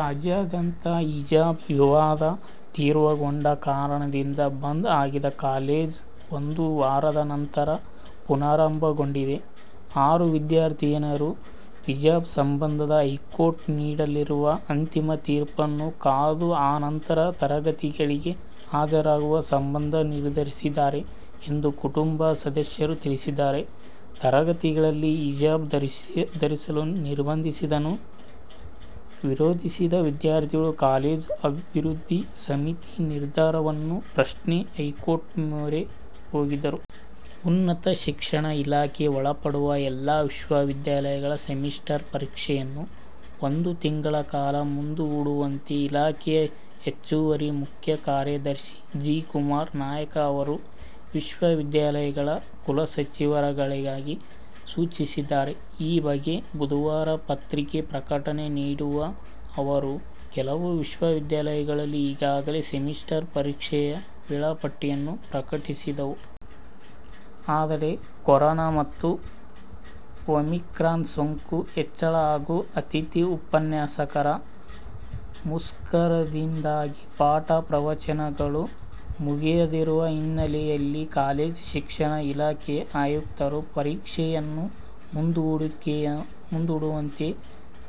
ರಾಜ್ಯಾದ್ಯಂತ ಹಿಜಾಬ್ ವಿವಾದ ತೀವ್ರಗೊಂಡ ಕಾರಣದಿಂದ ಬಂದ್ ಆಗಿದ್ದ ಕಾಲೇಜು ಒಂದು ವಾರದ ನಂತರ ಪುನಾರಂಭಗೊಂಡಿದೆ. ಆರು ವಿದ್ಯಾರ್ಥಿನಿಯರು ಹಿಜಾಬ್ ಸಂಬಂಧ ಹೈಕೋರ್ಟ್ ನೀಡಲಿರುವ ಅಂತಿಮ ತೀರ್ಪನ್ನು ಕಾದು ಆ ನಂತರ ತರಗತಿಗಳಿಗೆ ಹಾಜರಾಗುವ ಸಂಬಂಧ ನಿರ್ಧರಿಸಲಿದ್ದಾರೆ ಎಂದು ಕುಟುಂಬ ಸದಸ್ಯರು ತಿಳಿಸಿದ್ದಾರೆ. ತರಗತಿಗಳಲ್ಲಿ ಹಿಜಾಬ್ ಧರಿಸಲು ನಿರ್ಬಂಧಿಸಿದ್ದನ್ನು ವಿರೋಧಿಸಿದ ವಿದ್ಯಾರ್ಥಿಗಳು ಕಾಲೇಜು ಅಭಿವೃದ್ಧಿ ಸಮಿತಿ ನಿರ್ಧಾರವನ್ನು ಪ್ರಶ್ನಿಸಿ ಹೈಕೋರ್ಟ್ ಮೊರೆ ಹೋಗಿದ್ದರು. ಉನ್ನತ ಶಿಕ್ಷಣ ಇಲಾಖೆಗೆ ಒಳಪಡುವ ಎಲ್ಲಾ ವಿಶ್ವವಿದ್ಯಾಲಯಗಳ ಸೆಮಿಸ್ಟರ್ ಪರೀಕ್ಷೆಯನ್ನು ಒಂದು ತಿಂಗಳ ಕಾಲ ಮುಂದೂಡುವಂತೆ ಇಲಾಖೆಯ ಹೆಚ್ಚುವರಿ ಮುಖ್ಯ ಕಾರ್ಯದರ್ಶಿ ಜಿ. ಕುಮಾರ್ ನಾಯಕ್ ಅವರು ವಿಶ್ವವಿದ್ಯಾಲಯಗಳ ಕುಲಸಚಿವರುಗಳಿಗೆ ಸೂಚಿಸಿದ್ದಾರೆ. ಈ ಬಗ್ಗೆ ಬುಧವಾರ ಪತ್ರಿಕಾ ಪ್ರಕಟಣೆ ನೀಡಿರುವ ಅವರು, ಕೆಲವು ವಿಶ್ವವಿದ್ಯಾಲಯಗಳು ಈಗಾಗಲೇ ಸೆಮಿಸ್ಟರ್ ಪರೀಕ್ಷೆಯ ವೇಳಾಪಟ್ಟಿಯನ್ನು ಪ್ರಕಟಿಸಿದ್ದವು. ಆದರೆ, ಕೊರೊನಾ ಮತ್ತು ಒಮಿಕ್ರಾನ್ ಸೋಂಕು ಹೆಚ್ಚಳ ಹಾಗೂ ಅತಿಥಿ ಉಪನ್ಯಾಸಕರ ಮುಷ್ಕರದಿಂದಾಗಿ ಪಾಠ ಪ್ರವಚನಗಳು ಮುಗಿಯದಿರುವ ಹಿನ್ನೆಲೆಯಲ್ಲಿ ಕಾಲೇಜು ಶಿಕ್ಷಣ ಇಲಾಖೆ ಆಯುಕ್ತರು ಪರೀಕ್ಷೆಯನ್ನು ಮುಂದೂಡುವಂತೆ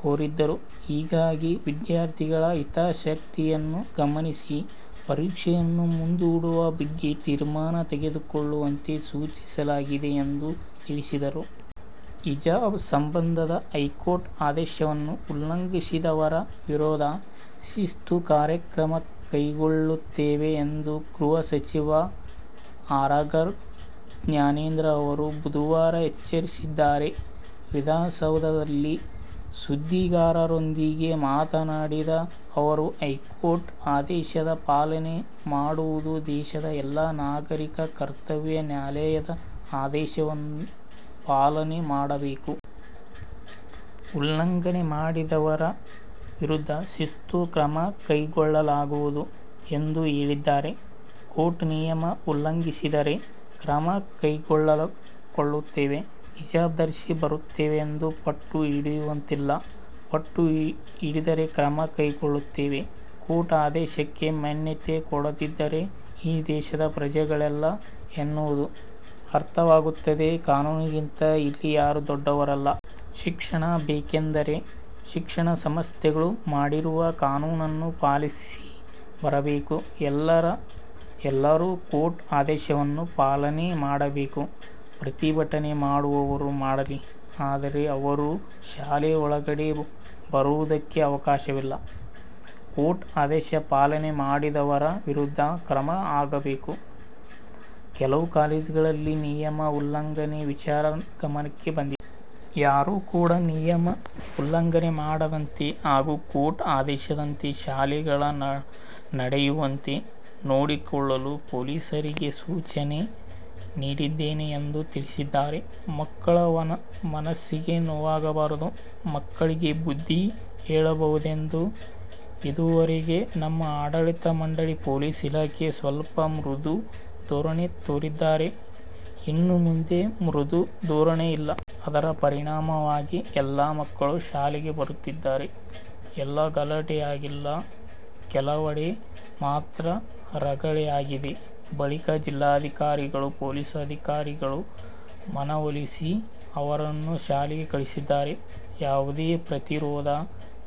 ಕೋರಿದ್ದರು. ಹೀಗಾಗಿ, ವಿದ್ಯಾರ್ಥಿಗಳ ಹಿತಾಸಕ್ತಿಯನ್ನು ಗಮನಿಸಿ, ಪರೀಕ್ಷೆಯನ್ನು ಮುಂದೂಡುವ ಬಗ್ಗೆ ತೀರ್ಮಾನ ತೆಗೆದುಕೊಳ್ಳುವಂತೆ ಸೂಚಿಸಲಾಗಿದೆ ಎಂದು ತಿಳಿಸಿದ್ದಾರೆ. ಹಿಜಾಬ್ ಸಂಬಂಧ ಹೈಕೋರ್ಟ್ ಆದೇಶವನ್ನು ಉಲ್ಲಂಘಿಸಿದವರ ವಿರುದ್ಧ ಶಿಸ್ತು ಕ್ರಮ ಕೈಗೊಳ್ಳುತ್ತೇವೆ ಎಂದು ಗೃಹ ಸಚಿವ ಆರಗ ಜ್ಞಾನೇಂದ್ರ ಅವರು ಬುಧವಾರ ಎಚ್ಚರಿಸಿದ್ದಾರೆ. ವಿಧಾನಸೌಧದಲ್ಲಿ ಸುದ್ದಿಗಾರರೊಂದಿಗೆ ಮಾತನಾಡಿದ ಅವರು, ಹೈಕೋರ್ಟ್ ಆದೇಶವ ಪಾಲನೆ ಮಾಡುವುದು ದೇಶದ ಎಲ್ಲಾ ನಾಗರೀಕರ ಕರ್ತವ್ಯ. ನ್ಯಾಯಾಲಯದ ಆದೇಶವನ್ನು ಪಾಲನೆ ಮಾಡಲೇಬೇಕು. ಉಲ್ಲಂಘನೆ ಮಾಡಿದವರ ವಿರುದ್ಧ ಶಿಸ್ತು ಕ್ರಮ ಕೈಗೊಳ್ಳಲಾಗುವುದು ಎಂದು ಹೇಳಿದ್ದಾರೆ. ಕೋರ್ಟ್ ನಿಮಯ ಉಲ್ಲಂಘಿಸಿದರೆ ಕ್ರಮಕೈಗೊಳ್ಳುತ್ತೇವೆ. ಹಿಜಾಬ್ ಧರಿಸಿ ಬರುತ್ತೇವೆಂದು ಪಟ್ಟು ಹಿಡಿಯುವಂತಿಲ್ಲ ಪಟ್ಟು ಹಿಡಿದರೆ ಕ್ರಮ ತೆಗೆದುಕೊಳ್ಳುತ್ತೇವೆ. ಕೋರ್ಟ್ ಆದೇಶಕ್ಕೆ ಮಾನ್ಯತೆ ಕೊಡದಿದ್ದರೆ ಈ ದೇಶದ ಪ್ರಜೆಗಳಲ್ಲ ಎನ್ನುವುದು ಅರ್ಥವಾಗುತ್ತದೆ. ಕಾನೂನಿಗಿಂತ ಇಲ್ಲಿ ಯಾರೂ ದೊಡ್ಡವರಲ್ಲ. ಶಿಕ್ಷಣ ಬೇಕೆಂದರೆ ಶಿಕ್ಷಣ ಸಂಸ್ಥೆಗಳು ಮಾಡಿರುವ ಕಾನೂನನ್ನು ಪಾಲಿಸಿ ಬರಬೇಕು. ಎಲ್ಲರೂ ಕೋರ್ಟ್ ಆದೇಶವನ್ನು ಪಾಲನೆ ಮಾಡಲೇಬೇಕು. ಪ್ರತಿಭಟನೆ ಮಾಡುವರು ಮಾಡಲಿ. ಆದರೆ, ಅವರು ಶಾಲೆ ಒಳಗಡೆ ಬರುವುದಕ್ಕೆ ಅವಕಾಶವಿಲ್ಲ. ಕೋರ್ಟ್ ಆದೇಶ ಪಾಲನೆ ಮಾಡದವರ ವಿರುದ್ಧ ಕ್ರಮ ಆಗಬೇಕು. ಕೆಲವು ಕಾಲೇಜುಗಳಲ್ಲಿ ನಿಯಮ ಉಲ್ಲಂಘನೆ ವಿಚಾರ ಗಮನಕ್ಕೆ ಬಂದಿದೆ. ಯಾರು ಕೂಡ ನಿಯಮ ಉಲ್ಲಂಘನೆ ಮಾಡದಂತೆ ಹಾಗೂ ಕೋರ್ಟ್ ಆದೇಶದಂತೆ ಶಾಲೆಗಳ ನಡೆಯುವಂತೆ ನೋಡಿಕೊಳ್ಳಲು ಪೊಲೀಸರಿಗೆ ಸೂಚನೆ ನೀಡಿದ್ದೇನೆ ಎಂದು ತಿಳಿಸಿದ್ದಾರೆ. ಮಕ್ಕಳ ಮನಸ್ಸಿಗೆ ನೋವಾಗಬಾರದು. ಮಕ್ಕಳಿಗೆ ಬುದ್ಧಿ ಹೇಳಬಹುದೆಂದು ಇದೂವರೆಗೆ ನಮ್ಮ ಆಡಳಿತ ಮಂಡಳಿ, ಪೊಲೀಸ್ ಇಲಾಖೆ ಸ್ವಲ್ಪ ಮೃದು ಧೋರಣೆ ತೋರಿದ್ದಾರೆ. ಇನ್ನು ಮುಂದೆ ಮೃದು ಧೋರಣೆ ಇಲ್ಲ. ಅದರ ಪರಿಣಾಮವಾಗಿ ಎಲ್ಲಾ ಮಕ್ಕಳು ಶಾಲೆಗೆ ಬರುತ್ತಿದ್ದಾರೆ. ಎಲ್ಲೂ ಗಲಾಟೆ ಆಗಿಲ್ಲ. ಕೆಲವೆಡೆ ಮಾತ್ರ ರಗಳೆ ಆಗಿದೆ. ಬಳಿಕ ಜಿಲ್ಲಾಧಿಕಾರಿಗಳು, ಪೊಲೀಸ್ ಅಧಿಕಾರಿಗಳು ಮನವೊಲಿಸಿ ಅವರನ್ನು ಶಾಲೆಗೆ ಕಳುಹಿಸಿದ್ದಾರೆ. ಯಾವುದೇ ಪ್ರತಿರೋಧ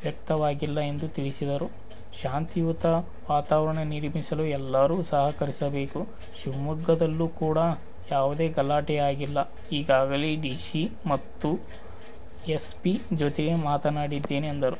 ವ್ಯಕ್ತವಾಗಿಲ್ಲ ಎಂದು ತಿಳಿಸಿದರು. ಶಾಂತಿಯುತ ವಾತಾವರಣ ನಿರ್ಮಿಸಲು ಎಲ್ಲರೂ ಸಹಕರಿಸಬೇಕು. ಶಿವಮೊಗ್ಗದಲ್ಲೂ ಕೂಡ ಯಾವುದೇ ಗಲಾಟೆ ಆಗಿಲ್ಲ. ಈಗಾಗಲೇ ಡಿಸಿ ಮತ್ತು ಎಸ್'ಪಿ ಜೊತೆಗೆ ಮಾತನಾಡಿದ್ದೇನೆ ಎಂದರು.